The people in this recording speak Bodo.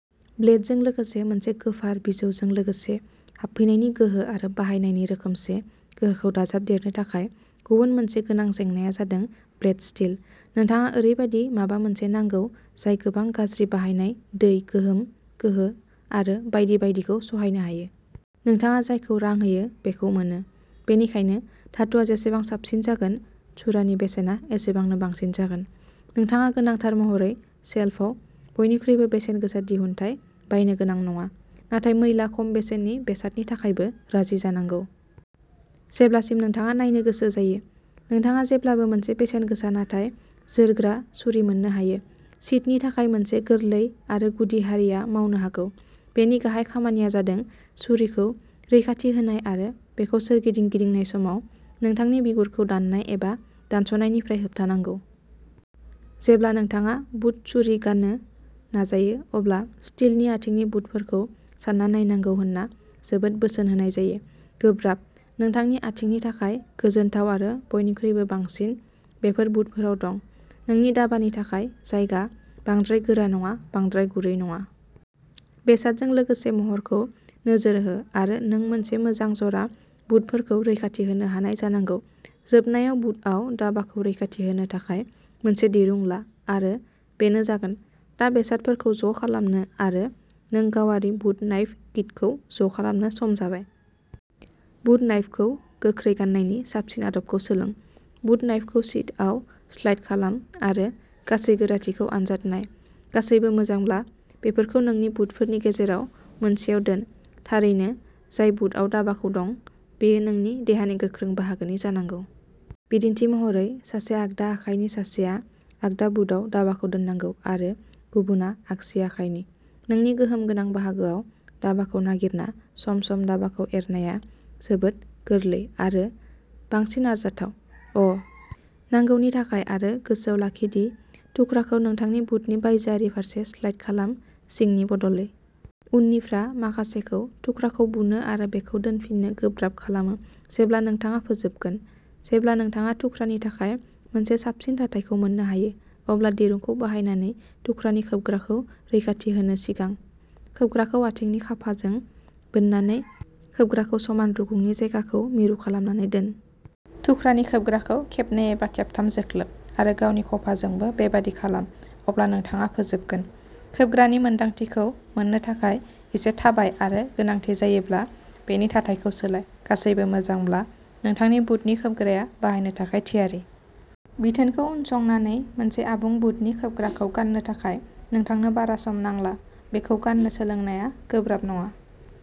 ब्लेडजों लोगोसे मोनसे गोफार बिजौजों लोगोसे हाबफैनायनि गोहो आरो बाहायनायनि रोखोमसे गोहोखौ दाजाबदेरनो थाखाय गुबुन मोनसे गोनां जेंनाया जादों ब्लेड स्टील, नोंथाङा ओरैबायदि माबा मोनसे नांगौ जाय गोबां गाज्रि बाहायनाय दै, गोहोम गोहो आरो बायदि बायदिखौ सहायनो हायो। नोंथाङा जायखौ रां होयो बेखौ मोनो, बेनिखायनो धातुआ जेसेबां साबसिन जागोन, छुरानि बेसेना एसेबांनो बांसिन जागोन। नोंथाङा गोनांथार महरै शेल्फआव बयनिख्रुइबो बेसेनगोसा दिहुनथाय बायनो गोनां नङा, नाथाय मैला खम बेसेननि बेसादनि थाखायबो राजि जानांगौ। जेब्लासिम नोंथाङा नायनो गोसो जायो, नोंथाङा जेब्लाबो मोनसे बेसेनगोसा नाथाय जोरग्रा छुरी मोन्नो हायो। सिथनि थाखाय मोनसे गोरलै आरो गुदि हारिया मावनो हागौ। बेनि गाहाय खामानिया जादों छुरीखौ रैखाथि होनाय आरो बेखौ सोरगिदिं गिदिंनाय समाव नोंथांनि बिगुरखौ दाननाय एबा दानस' नायनिफ्राय होबथानांगौ। जेब्ला नोंथाङा बुट छुरी गान्नो नाजायो अब्ला स्टीलनि आथिंनि बुटफोरखौ सानना नायनांगौ होनना जोबोद बोसोन होनाय जायो। गोब्राब, नोंथांनि आथिंनि थाखाय गोजोनथाव आरो बयनिख्रुइबो बांसिन, बेफोर बुटफोराव दं। नोंनि दाबानि थाखाय जायगा, बांद्राय गोरा नङा, बांद्राय गुरै नङा। बेसादजों लोगोसे महरखौ नोजोर हो आरो नों मोनसे मोजां जरा बुटफोरखौ रैखाथि होनो हानाय जानांगौ। जोबनायाव बुटआव दाबाखौ रैखाथि होनो थाखाय मोनसे दिरुं ला आरो बेनो जागोन। दा बेसादफोरखौ ज'खालामनो आरो नोंनि गावारि बुट नाइफ किटखौ ज' खालामनो सम जाबाय। बुट नाइफखौ गोख्रै गान्नायनि साबसिन आदबखौ सोलों। बुट नाइफखौ सिथआव स्लाइड खालाम आरो गासै गोराथिखौ आनजाद नाय। गासैबो मोजांब्ला बेफोरखौ नोंनि बुटफोरनि गेजेराव मोनसेआव दोन। थारैनो, जाय बुटआव दाबाखौ दं, बेयो नोंनि देहानि गोख्रों बाहागोनि जानांगौ। बिदिन्थि महरै सासे आगदा आखायनि सासेआ आगदा बुटआव दाबाखौ दोननांगौ आरो गुबुनआ आगसि आखाइनि। नोंनि गोहोम गोनां बाहागोआव दाबाखौ नागिरना सम-सम दाबाखौ एरनाया जोबोद गोरलै आरो बांसिन आरजाथाव। अ नांगौनि थाखाय आरो गोसोआव लाखि दि थुख्राखौ नोंथांनि बुटनि बायजोआरि फारसे स्लाइड खालाम, सिंनि बदलै। उननिफ्रा माखासेखौ थुख्राखौ बुनो आरो बेखौ दोनफिन्नो गोब्राब खालामो जेब्ला नोंथाङा फोजोबगोन। जेब्ला नोंथाङा थुख्रानि थाखाय मोनसे साबसिन थाथायखौ मोन्नो हायो, अब्ला दिरुंखौ बाहायनानै थुख्रानि खोबग्राखौ रैखाथि होनो सिगां। खोबग्राखौ आथिंनि खफाजों बोननानै खोबग्राखौ समान रुगुंनि जायगाखौ मिरु खालामनानै दोन। थुख्रानि खोबग्राखौ खेबनै एबा खेबथाम जोख्लोब आरो गावनि खफाजोंबो बेबादि खालाम अब्ला नोंथाङा फोजोबगोन। खोबग्रानि मोनदांथिखौ मोन्नो थाखाय एसे थाबाय आरो गोनांथि जायोब्ला बेनि थाथायखौ सोलाय। गासैबो मोजांब्ला नोंथांनि बुटनि खोबग्राया बाहायनो थाखाय थियारि। बिथोनखौ उनसंनानै मोनसे आबुं बुटनि खोबग्राखौ गान्नो थाखाय नोंथांनो बारा सम नांला। बेखौ गान्नो सोलोंनाया गोब्राब नङा।